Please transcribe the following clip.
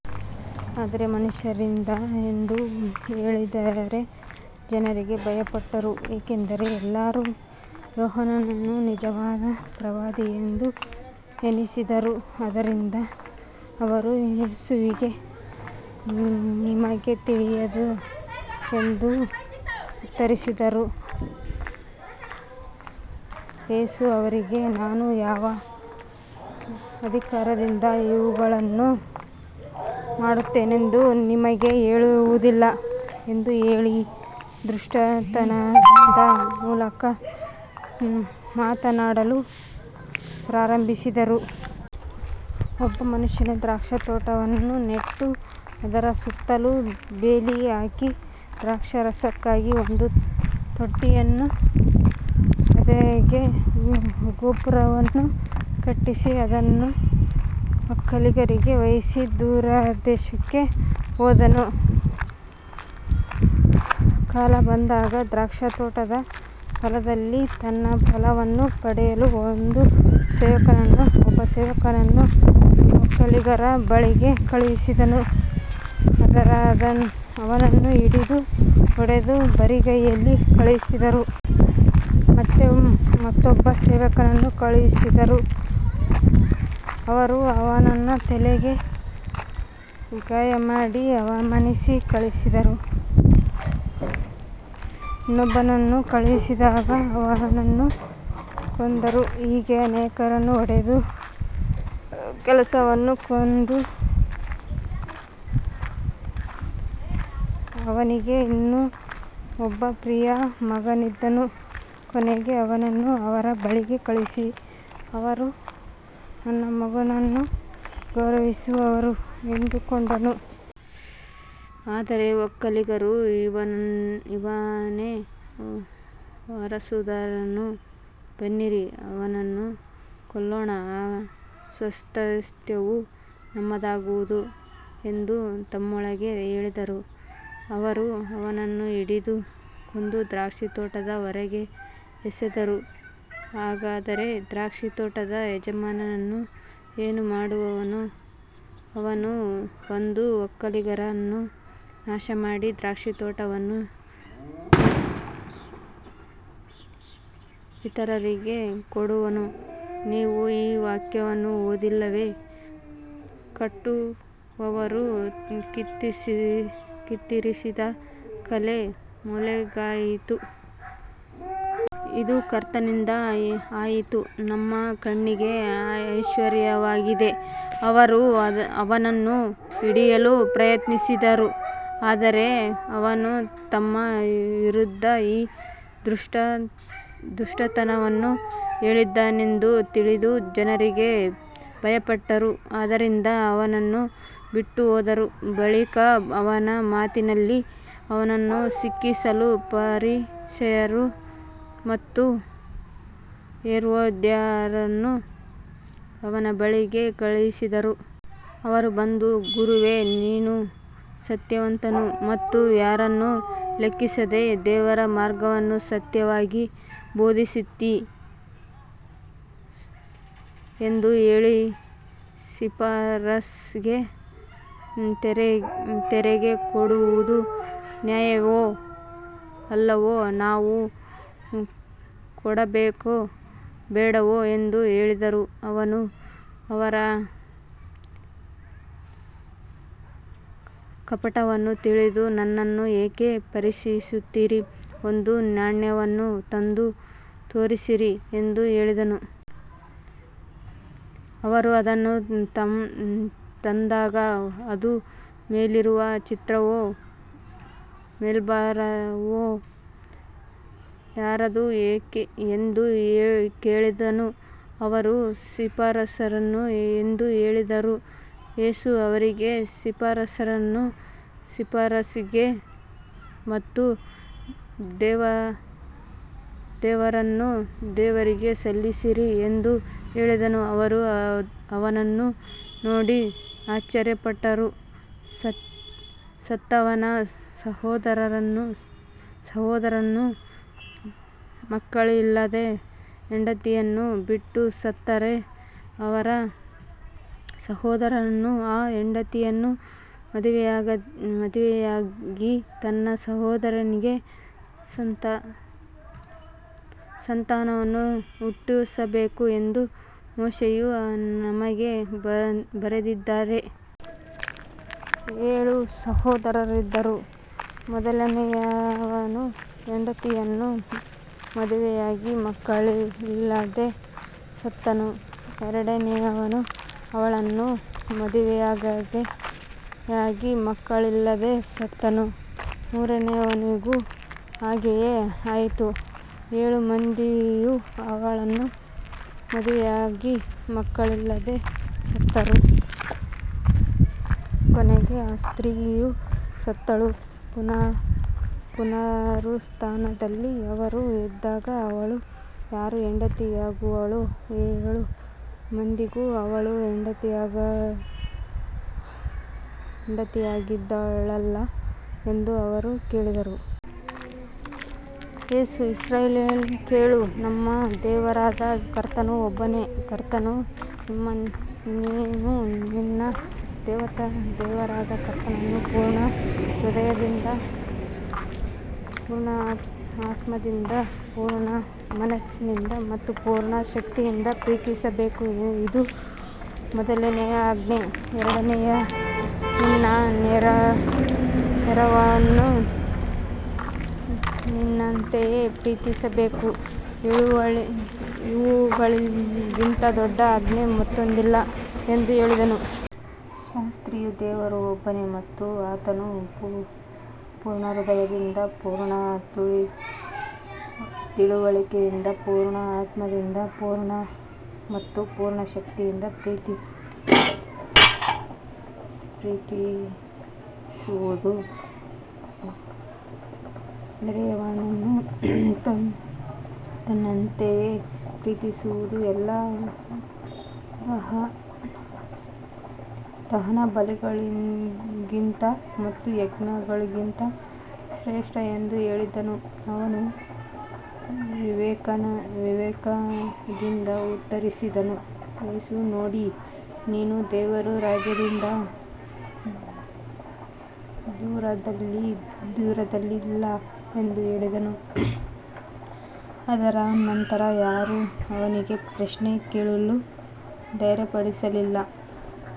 ಆದರೆ ಮನುಷ್ಯರಿಂದ ಎಂದು ಹೇಳಿದರೆ ಜನರಿಗೆ ಭಯಪಟ್ಟರು, ಏಕೆಂದರೆ ಎಲ್ಲರೂ ಯೋಹಾನನನ್ನು ನಿಜವಾದ ಪ್ರವಾದಿಯೆಂದು ಎಣಿಸಿದ್ದರು. ಆದ್ದರಿಂದ ಅವರು ಯೇಸುವಿಗೆ, ನಮಗೆ ತಿಳಿಯದು ಎಂದು ಉತ್ತರಿಸಿದರು. ಯೇಸು ಅವರಿಗೆ, ನಾನು ಯಾವ ಅಧಿಕಾರದಿಂದ ಇವುಗಳನ್ನು ಮಾಡುತ್ತೇನೆಂದು ನಿಮಗೆ ಹೇಳುವುದಿಲ್ಲ ಎಂದು ಹೇಳಿ ದೃಷ್ಟಾಂತದ ಮೂಲಕ ಮಾತನಾಡಲು ಪ್ರಾರಂಭಿಸಿದನು. ಒಬ್ಬ ಮನುಷ್ಯನು ದ್ರಾಕ್ಷಿತೋಟವನ್ನು ನೆಟ್ಟು ಅದರ ಸುತ್ತಲೂ ಬೇಲಿ ಹಾಕಿ, ದ್ರಾಕ್ಷಾರಸಕ್ಕಾಗಿ ಒಂದು ತೊಟ್ಟಿಯನ್ನು ಅಗೆದು ಗೋಪುರವನ್ನು ಕಟ್ಟಿಸಿ, ಅದನ್ನು ಒಕ್ಕಲಿಗರಿಗೆ ವಹಿಸಿ ದೂರದೇಶಕ್ಕೆ ಹೋದನು. ಕಾಲ ಬಂದಾಗ ದ್ರಾಕ್ಷಿತೋಟದ ಫಲದಲ್ಲಿ ತನ್ನ ಪಾಲನ್ನು ಪಡೆಯಲು ಒಬ್ಬ ಸೇವಕನನ್ನು ಒಕ್ಕಲಿಗರ ಬಳಿಗೆ ಕಳುಹಿಸಿದನು. ಅವರು ಅವನನ್ನು ಹಿಡಿದು ಹೊಡೆದು ಬರಿಗೈಯಲ್ಲಿ ಕಳುಹಿಸಿದರು. ಮತ್ತೆ ಮತ್ತೊಬ್ಬ ಸೇವಕನನ್ನು ಕಳುಹಿಸಿದನು. ಅವರು ಅವನ ತಲೆಗೆ ಗಾಯಮಾಡಿ ಅವಮಾನಿಸಿ ಕಳುಹಿಸಿದರು. ಇನ್ನೊಬ್ಬನನ್ನು ಕಳುಹಿಸಿದಾಗ ಅವನನ್ನು ಕೊಂದರು. ಹೀಗೆ ಅನೇಕರನ್ನು ಹೊಡೆದು ಕೆಲವರನ್ನು ಕೊಂದರು. ಅವನಿಗೆ ಇನ್ನೂ ಒಬ್ಬ ಪ್ರಿಯ ಮಗನಿದ್ದನು. ಕೊನೆಗೆ ಅವನನ್ನು ಅವರ ಬಳಿಗೆ ಕಳುಹಿಸಿ, ಅವರು ನನ್ನ ಮಗನನ್ನು ಗೌರವಿಸುವರು ಎಂದುಕೊಂಡನು. ಆದರೆ ಒಕ್ಕಲಿಗರು, ಇವನೇ ವಾರಸುದಾರನು, ಬನ್ನಿರಿ, ಅವನನ್ನು ಕೊಲ್ಲೋಣ, ಆಗ ಸ್ವಾಸ್ತ್ಯವು ನಮ್ಮದಾಗುವುದು ಎಂದು ತಮ್ಮೊಳಗೆ ಹೇಳಿದರು. ಅವರು ಅವನನ್ನು ಹಿಡಿದು ಕೊಂದು ದ್ರಾಕ್ಷಿತೋಟದ ಹೊರಗೆ ಎಸೆದರು. ಹಾಗಾದರೆ ದ್ರಾಕ್ಷಿತೋಟದ ಯಜಮಾನನು ಏನು ಮಾಡುವನು. ಅವನು ಬಂದು ಒಕ್ಕಲಿಗರನ್ನು ನಾಶಮಾಡಿ ದ್ರಾಕ್ಷಿತೋಟವನ್ನು ಇತರರಿಗೆ ಕೊಡುವನು. ನೀವು ಈ ವಾಕ್ಯವನ್ನು ಓದಿಲ್ಲವೇ, ಕಟ್ಟುವವರು ತಿರಸ್ಕರಿಸಿದ ಕಲ್ಲೇ ಮೂಲೆಗಲ್ಲಾಯಿತು. ಇದು ಕರ್ತನಿಂದ ಆಯಿತು, ನಮ್ಮ ಕಣ್ಣಿಗೆ ಆಶ್ಚರ್ಯವಾಗಿದೆ. ಅವರು ಅವನನ್ನು ಹಿಡಿಯಲು ಪ್ರಯತ್ನಿಸಿದರು, ಆದರೆ ಅವನು ತಮ್ಮ ವಿರುದ್ಧ ಈ ದೃಷ್ಟಾಂತವನ್ನು ಹೇಳಿದ್ದಾನೆಂದು ತಿಳಿದು ಜನರಿಗೆ ಭಯಪಟ್ಟರು. ಆದ್ದರಿಂದ ಅವನನ್ನು ಬಿಟ್ಟುಹೋದರು. ಬಳಿಕ ಅವನ ಮಾತಿನಲ್ಲಿ ಅವನನ್ನು ಸಿಕ್ಕಿಸಲು ಫರಿಸಾಯರು ಮತ್ತು ಹೆರೋದ್ಯರನ್ನು ಅವನ ಬಳಿಗೆ ಕಳುಹಿಸಿದರು. ಅವರು ಬಂದು, ಗುರುವೇ, ನೀನು ಸತ್ಯವಂತನು ಮತ್ತು ಯಾರನ್ನೂ ಲೆಕ್ಕಿಸದೆ ದೇವರ ಮಾರ್ಗವನ್ನು ಸತ್ಯವಾಗಿ ಬೋಧಿಸುತ್ತೀ ಎಂದು ಹೇಳಿ, ಸೀಸರ್‌ಗೆ ತೆರಿಗೆ ಕೊಡುವುದು ನ್ಯಾಯವೋ ಅಲ್ಲವೋ, ನಾವು ಕೊಡಬೇಕೋ ಬೇಡವೋ ಎಂದು ಕೇಳಿದರು. ಅವನು ಅವರ ಕಪಟವನ್ನು ತಿಳಿದು, ನನ್ನನ್ನು ಏಕೆ ಪರೀಕ್ಷಿಸುತ್ತೀರಿ. ಒಂದು ನಾಣ್ಯವನ್ನು ತಂದು ತೋರಿಸಿರಿ ಎಂದು ಹೇಳಿದನು. ಅವರು ಅದನ್ನು ತಂದಾಗ, ಇದರ ಮೇಲಿರುವ ಚಿತ್ರವೂ ಮೇಲ್ಬರಹವೂ ಯಾರದು ಎಂದು ಕೇಳಿದನು. ಅವರು, ಸೀಸರನದು ಎಂದು ಹೇಳಿದರು. ಯೇಸು ಅವರಿಗೆ, ಸೀಸರನದನ್ನು ಸೀಸರ್‌ಗೆ ಮತ್ತು ದೇವರದನ್ನು ದೇವರಿಗೆ ಸಲ್ಲಿಸಿರಿ ಎಂದು ಹೇಳಿದನು. ಅವರು ಅವನನ್ನು ನೋಡಿ ಆಶ್ಚರ್ಯಪಟ್ಟರು. ಸತ್ತವನ ಸಹೋದರನು ಮಕ್ಕಳಿಲ್ಲದೆ ಹೆಂಡತಿಯನ್ನು ಬಿಟ್ಟು ಸತ್ತರೆ, ಅವನ ಸಹೋದರನು ಆ ಹೆಂಡತಿಯನ್ನು ಮದುವೆಯಾಗಿ ತನ್ನ ಸಹೋದರನಿಗೆ ಸಂತಾನವನ್ನು ಹುಟ್ಟಿಸಬೇಕು ಎಂದು ಮೋಶೆಯು ನಮಗೆ ಬರೆದಿದ್ದಾನೆ. ಏಳು ಸಹೋದರರಿದ್ದರು. ಮೊದಲನೆಯವನು ಹೆಂಡತಿಯನ್ನು ಮದುವೆಯಾಗಿ ಮಕ್ಕಳಿಲ್ಲದೆ ಸತ್ತನು. ಎರಡನೆಯವನು ಅವಳನ್ನು ಮದುವೆಯಾಗಿ ಮಕ್ಕಳಿಲ್ಲದೆ ಸತ್ತನು. ಮೂರನೆಯವನಿಗೂ ಹಾಗೆಯೇ ಆಯಿತು. ಏಳು ಮಂದಿಯೂ ಅವಳನ್ನು ಮದುವೆಯಾಗಿ ಮಕ್ಕಳಿಲ್ಲದೆ ಸತ್ತರು. ಕೊನೆಗೆ ಆ ಸ್ತ್ರೀಯೂ ಸತ್ತಳು. ಪುನರುತ್ಥಾನದಲ್ಲಿ ಅವರು ಎದ್ದಾಗ ಅವಳು ಯಾರ ಹೆಂಡತಿಯಾಗುವಳು, ಏಳು ಮಂದಿಗೂ ಅವಳು ಹೆಂಡತಿಯಾಗಿದ್ದಳಲ್ಲ ಎಂದು ಅವರು ಕೇಳಿದರು. ಯೇಸು, ಇಸ್ರಾಯೇಲೇ ಕೇಳು, ನಮ್ಮ ದೇವರಾದ ಕರ್ತನು ಒಬ್ಬನೇ ಕರ್ತನು. ನೀನು ನಿನ್ನ ದೇವರಾದ ಕರ್ತನನ್ನು ಪೂರ್ಣ ಹೃದಯದಿಂದ, ಪೂರ್ಣ ಆತ್ಮದಿಂದ, ಪೂರ್ಣ ಮನಸ್ಸಿನಿಂದ ಮತ್ತು ಪೂರ್ಣ ಶಕ್ತಿಯಿಂದ ಪ್ರೀತಿಸಬೇಕು. ಇದು ಮೊದಲನೆಯ ಆಜ್ಞೆ. ಎರಡನೆಯದು, ನಿನ್ನ ನೆರೆಯವನನ್ನು ನಿನ್ನಂತೆಯೇ ಪ್ರೀತಿಸಬೇಕು. ಇವುಗಳಿಗಿಂತ ದೊಡ್ಡ ಆಜ್ಞೆ ಮತ್ತೊಂದಿಲ್ಲ ಎಂದು ಹೇಳಿದನು. ಶಾಸ್ತ್ರಿಯು, ದೇವರು ಒಬ್ಬನೇ ಮತ್ತು ಆತನನ್ನು ಪೂರ್ಣ ಹೃದಯದಿಂದ, ಪೂರ್ಣ ತಿಳುವಳಿಕೆಯಿಂದ, ಪೂರ್ಣ ಆತ್ಮದಿಂದ ಮತ್ತು ಪೂರ್ಣ ಶಕ್ತಿಯಿಂದ ಪ್ರೀತಿಸುವುದೂ, ನೆರೆಯವನನ್ನು ತನ್ನಂತೆಯೇ ಪ್ರೀತಿಸುವುದೂ ಎಲ್ಲಾ ದಹನಬಲಿಗಳಿಗಿಂತ ಮತ್ತು ಯಜ್ಞಗಳಿಗಿಂತ ಶ್ರೇಷ್ಠ ಎಂದು ಹೇಳಿದನು. ಅವನು ವಿವೇಕದಿಂದ ಉತ್ತರಿಸಿದ್ದನ್ನು ಯೇಸು ನೋಡಿ, ನೀನು ದೇವರ ರಾಜ್ಯದಿಂದ ದೂರದಲ್ಲಿಲ್ಲ ಎಂದು ಹೇಳಿದನು. ಅದರ ನಂತರ ಯಾರೂ ಅವನಿಗೆ ಪ್ರಶ್ನೆ ಕೇಳಲು ಧೈರ್ಯಪಡಲಿಲ್ಲ.